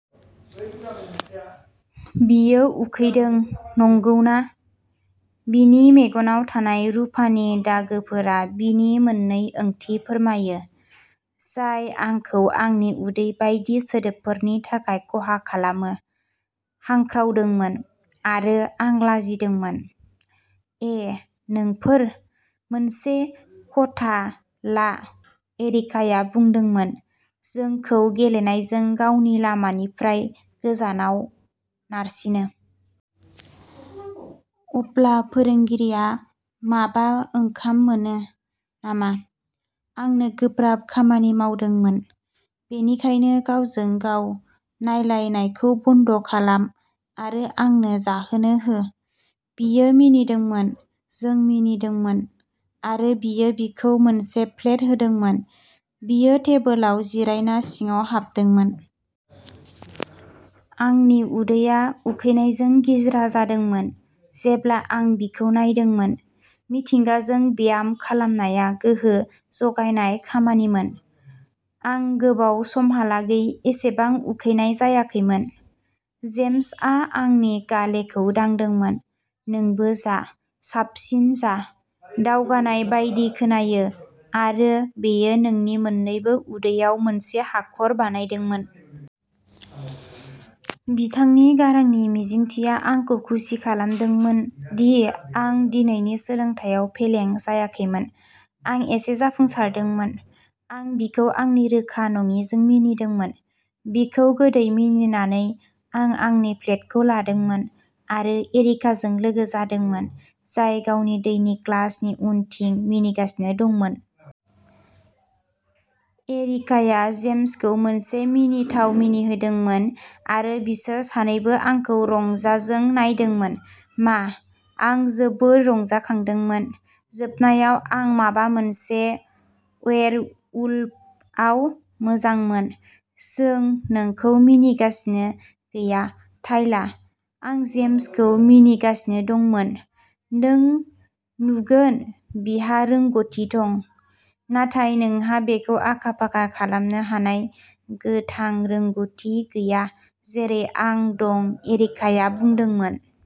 "बियो उखैदों, नंगौना? " बिनि मेगनाव थानाय रुफानि दागोफोरा बिनि मोननै ओंथि फोरमायो, जाय आंखौ आंनि उदै बायदि सोदोबफोरनि थाखाय खहा खालामो। हांख्रावदोंमोन, आरो आं लाजिदोंमोन। "ए, नोंफोर। मोनसे खथा ला", एरिकाया बुंदोंमोन, जोंखौ गेलेनायजों गावनि लामानिफ्राय गोजानाव नारसिनो। "अब्ला फोरोंगिरिआ माबा ओंखाम मोनो नामा? आंबो गोब्राब खामानि मावदोंमोन, बेनिखायनो गावजों-गाव नायलायनायखौ बन्द खालाम, आरो आंनो जाहोनो हो। " बियो मिनिदोंमोन। जों मिनिदोंमोन, आरो बियो बिखौ मोनसे प्लेट होदोंमोन। बियो टेबोलाव जिरायना सिङाव हाबदोंमोन। आंनि उदैया उखैनायजों गिज्रा जादोंमोन जेब्ला आं बिखौ नायदोंमोन। मिथिंगाजों ब्याम खालामनाया गोहो जगायनाय खामानिमोन। आं गोबाव समहालागै एसेबां उखैनाय जायाखैमोन। जेम्सआ आंनि गालेखौ दांदोंमोन। "नोंबो जा, साबसिन जा। दावगानाय बायदि खोनायो, आरो बेयो नोंनि मोन्नैबो उदैयाव मोनसे हाखर बानायदोंमोन। " बिथांनि गारांनि मिजिंथिया आंखौ खुसि खालामदोंमोन दि आं दिनैनि सोलोंथायाव फेलें जायाखैमोन। "आं एसे जाफुंसारदोंमोन। " आं बिखौ आंनि रोखा-नङिजों मिनिदोंमोन। बिखौ गोदै मिनिनानै, आं आंनि प्लेटखौ लादोंमोन आरो एरिकाजों लोगो जादोंमोन, जाय गावनि दैनि ग्लासनि उनथिं मिनिगासिनो दंमोन। एरिकाया जेम्सखौ मोनसे मिनिथाव मिनिहोदोंमोन, आरो बिसोर सानैबो आंखौ रंजाजों नायदोंमोन। "मा? आं जोबोद रंजाखांदों। " जोबनायाव, आं माबा मोनसे वेयरवुल्फआव मोजांमोन। "जों नोंखौ मिनिगासिनो गैया, टायला। आं जेम्सखौ मिनिगासिनो दंमोन। नों नुगोन बिहा रोंग'थि दं, नाथाय नोंहा बेखौ आखा-फाखा खालामनो हानाय गोथां रोंग'थि गैया जेरै आं दं", एरिकाया बुंदोंमोन।